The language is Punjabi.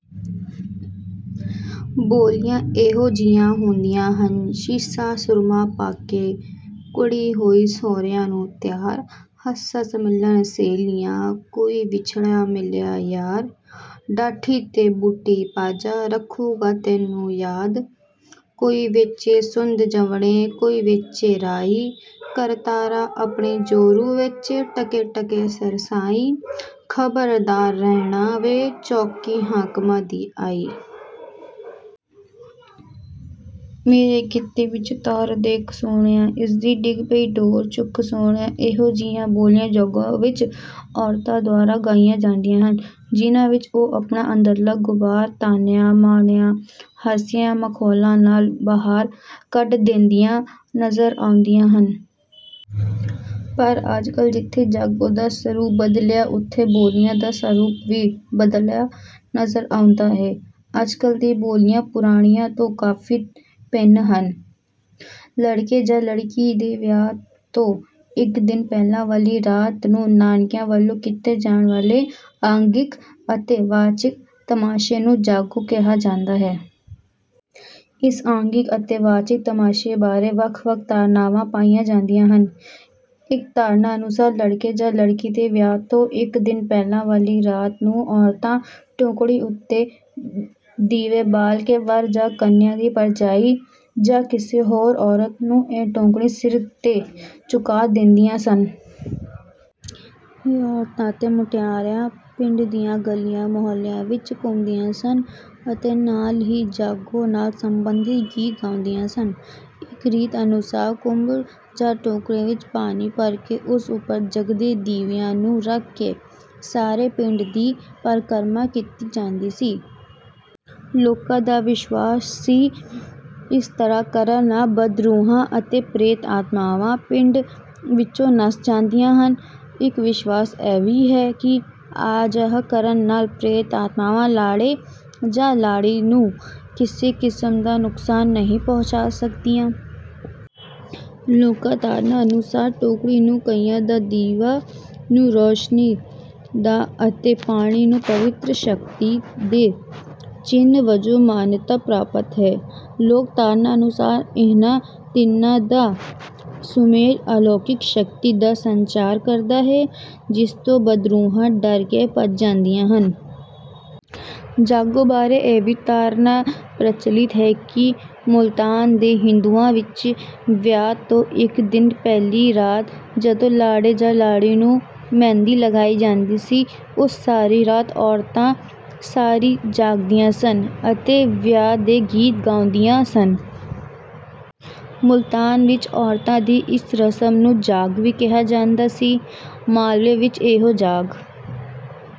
ਬੋਲੀਆਂ ਇਹੋ ਜਿਹੀਆਂ ਹੁੰਦੀਆਂ ਹਨ: ਸ਼ੀਸ਼ਾ ਸੁਰਮਾ ਪਾ ਕੇ ਕੁੜੀ ਹੋਈ ਸਹੁਰਿਆਂ ਨੂੰ ਤਿਆਰ, ਹੱਸ-ਹੱਸ ਮਿਲਣ ਸਹੇਲੀਆਂ, ਕੋਈ ਵਿਛੜਾ ਮਿਲਦਾ ਯਾਰ, ਢਾਠੀ ਤੇ ਬੂਟੀ ਪਾ ਜਾ, ਰੱਖੂੰਗਾ ਤੈਨੂੰ ਯਾਦ। ਕੋਈ ਵੇਚੇ ਸੁੰਢ ਜਵੈਣ, ਕੋਈ ਵੇਚੇ ਰਾਈ, ਕਰਤਾਰਾ ਆਪਣੀ ਜੋਰੂ ਵੇਚੇ, ਟਕੇ-ਟਕੇ ਸਿਰ ਸਾਈ, ਖ਼ਬਰਦਾਰ ਰਹਿਣਾ ਵੇ, ਚੌਂਕੀ ਹਾਕਮਾਂ ਦੀ ਆਈ। ਮੇਰੀ ਗਿੱਧੇ ਵਿੱਚ ਤੋਰ ਦੇਖ ਸੁਹਣਿਆ, ਇਸ ਦੀ ਡਿੱਗ ਪਈ ਡੋਰ, ਚੁੱਕ ਸਹੁਣਿਆ। ਇਹੋ ਜਿਹੀਆਂ ਬੋਲੀਆਂ ਜਾਗੋ ਵਿੱਚ ਔਰਤਾਂ ਦੁਆਰਾ ਗਾਈਆਂ ਜਾਂਦੀਆਂ ਹਨ, ਜਿਹਨਾਂ ਵਿੱਚ ਉਹ ਆਪਣਾ ਅੰਦਰਲਾ ਗ਼ੁਬਾਰ, ਤਾਹਨਿਆਂ, ਮਿਹਣਿਆਂ, ਹਾਸਿਆਂ, ਮਖੌਲਾਂ ਨਾਲ ਬਾਹਰ ਕੱਢਦੀਆਂ ਨਜ਼ਰ ਆਉਂਦੀਆਂ ਹਨ। ਪਰ ਅੱਜ-ਕੱਲ੍ਹ ਜਿੱਥੇ ਜਾਗੋ ਦਾ ਸਰੂਪ ਬਦਲਿਆ, ਉੱਥੇ ਬੋਲੀਆਂ ਦਾ ਸਰੂਪ ਵੀ ਬਦਲਿਆ ਨਜ਼ਰ ਆਉਂਦਾ ਹੈ। ਅੱਜ-ਕੱਲ੍ਹ ਦੀਆਂ ਬੋਲੀਆਂ ਪੁਰਾਣੀਆਂ ਤੋਂ ਕਾਫ਼ੀ ਭਿੰਨ ਹਨ। ਲੜਕੇ ਜਾਂ ਲੜਕੀ ਦੇ ਵਿਆਹ ਤੋਂ ਇੱਕ ਦਿਨ ਪਹਿਲਾਂ ਵਾਲੀ ਰਾਤ ਨੂੰ ਨਾਨਕਿਆਂ ਵੱਲੋਂ ਕੀਤੇ ਜਾਣ ਵਾਲੇ ਆਂਗਿਕ ਅਤੇ ਵਾਚਿਕ ਤਮਾਸ਼ੇ ਨੂੰ ਜਾਗੋ ਕਿਹਾ ਜਾਂਦਾ ਹੈ। ਇਸ ਆਂਗਿਕ ਅਤੇ ਵਾਚਿਕ ਤਮਾਸ਼ੇ ਬਾਰੇ ਵੱਖ-ਵੱਖ ਧਾਰਨਾਵਾਂ ਪਾਈਆਂ ਜਾਂਦੀਆਂ ਹਨ। ਇੱਕ ਧਾਰਨਾ ਅਨੁਸਾਰ ਲੜਕੇ ਜਾਂ ਲੜਕੀ ਦੇ ਵਿਆਹ ਤੋਂ ਇੱਕ ਦਿਨ ਪਹਿਲਾਂ ਵਾਲੀ ਰਾਤ ਨੂੰ ਔਰਤਾਂ ਟੋਕਣੀ ਉੱਤੇ ਦੀਵੇ ਬਾਲ ਕੇ ਵਰ ਜਾਂ ਕੰਨਿਆ ਦੀ ਭਰਜਾਈ ਜਾਂ ਕਿਸੇ ਹੋਰ ਔਰਤ ਨੂੰ ਇਹ ਟੋਕਣੀ ਸਿਰ ਤੇ ਚੁਕਾ ਦਿੰਦੀਆਂ ਸਨ। ਇਹ ਔਰਤਾਂ ਅਤੇ ਮੁਟਿਆਰਾਂ ਪਿੰਡ ਦੀਆਂ ਗਲੀਆਂ ਮੁਹੱਲਿਆਂ ਵਿੱਚ ਘੁੰਮਦੀਆਂ ਸਨ ਅਤੇ ਨਾਲ ਹੀ ਜਾਗੋ ਨਾਲ ਸੰਬੰਧਿਤ ਗੀਤ ਗਾਉਂਦੀਆਂ ਸਨ। ਇੱਕ ਰੀਤ ਅਨੁਸਾਰ ਕੁੰਭ ਜਾਂ ਟੋਕਣ ਵਿੱਚ ਪਾਣੀ ਭਰ ਕੇ ਉਸ ਉੱਪਰ ਜਗਦੇ ਦੀਵਿਆਂ ਨੂੰ ਰੱਖ ਕੇ ਸਾਰੇ ਪਿੰਡ ਦੀ ਪਰਕਰਮਾ ਕੀਤੀ ਜਾਂਦੀ ਸੀ। ਲੋਕਾਂ ਦਾ ਵਿਸ਼ਵਾਸ ਸੀ ਇਸ ਤਰ੍ਹਾਂ ਕਰਨ ਨਾਲ ਬਦਰੂਹਾਂ ਅਤੇ ਪ੍ਰੇਤ ਆਤਮਾਵਾਂ ਪਿੰਡ ਵਿੱਚੋਂ ਨੱਸ ਜਾਂਦੀਆਂ ਹਨ। ਇੱਕ ਵਿਸ਼ਵਾਸ ਇਹ ਵੀ ਹੈ ਕਿ ਅਜਿਹਾ ਕਰਨ ਨਾਲ ਪ੍ਰੇਤ ਆਤਮਾਵਾਂ ਲਾੜੇ ਜਾਂ ਲਾੜੀ ਨੂੰ ਕਿਸੇ ਕਿਸਮ ਦਾ ਨੁਕਸਾਨ ਨਹੀਂ ਪਹੁੰਚਾ ਸਕਦੀਆਂ। ਲੋਕ ਧਾਰਨਾ ਅਨੁਸਾਰ ਟੋਕਣੀ ਨੂੰ ਕਾਇਆ ਦਾ, ਦੀਵਾ ਨੂੰ ਰੌਸ਼ਨੀ ਦਾ ਅਤੇ ਪਾਣੀ ਨੂੰ ਪਵਿੱਤਰ ਸ਼ਕਤੀ ਦੇ ਚਿੰਨ੍ਹ ਵਜੋਂ ਮਾਨਤਾ ਪ੍ਰਾਪਤ ਹੈ। ਲੋਕ ਧਾਰਨਾ ਅਨੁਸਾਰ ਇਹਨਾਂ ਤਿੰਨਾਂ ਦਾ ਸੁਮੇਲ ਅਲੌਕਿਕ ਸ਼ਕਤੀ ਦਾ ਸੰਚਾਰ ਕਰਦਾ ਹੈ, ਜਿਸ ਤੋਂ ਬਦਰੂਹਾਂ ਡਰ ਕੇ ਭੱਜ ਜਾਂਦੀਆਂ ਹਨ। ਜਾਗੋ ਬਾਰੇ ਇਹ ਵੀ ਧਾਰਨਾ ਪ੍ਰਚੱਲਿਤ ਹੈ ਕਿ ਮੁਲਤਾਨ ਦੇ ਹਿੰਦੂਆਂ ਵਿੱਚ ਵਿਆਹ ਤੋਂ ਇੱਕ ਦਿਨ ਪਹਿਲੀ ਰਾਤ ਜਦੋਂ ਲਾੜੇ ਜਾਂ ਲਾੜੀ ਨੂੰ ਮਹਿੰਦੀ ਲਗਾਈ ਜਾਂਦੀ ਸੀ, ਉਸ ਸਾਰੀ ਰਾਤ ਔਰਤਾਂ ਸਾਰੀ ਜਾਗਦੀਆਂ ਸਨ ਅਤੇ ਵਿਆਹ ਦੇ ਗੀਤ ਗਾਉਂਦੀਆਂ ਸਨ। ਮੁਲਤਾਨ ਵਿੱਚ ਔਰਤਾਂ ਦੀ ਇਸ ਰਸਮ ਨੂੰ 'ਜਾਗ' ਵੀ ਕਿਹਾ ਜਾਂਦਾ ਸੀ। ਮਾਲਵੇ ਵਿੱਚ ਇਹੋ ਜਾਗ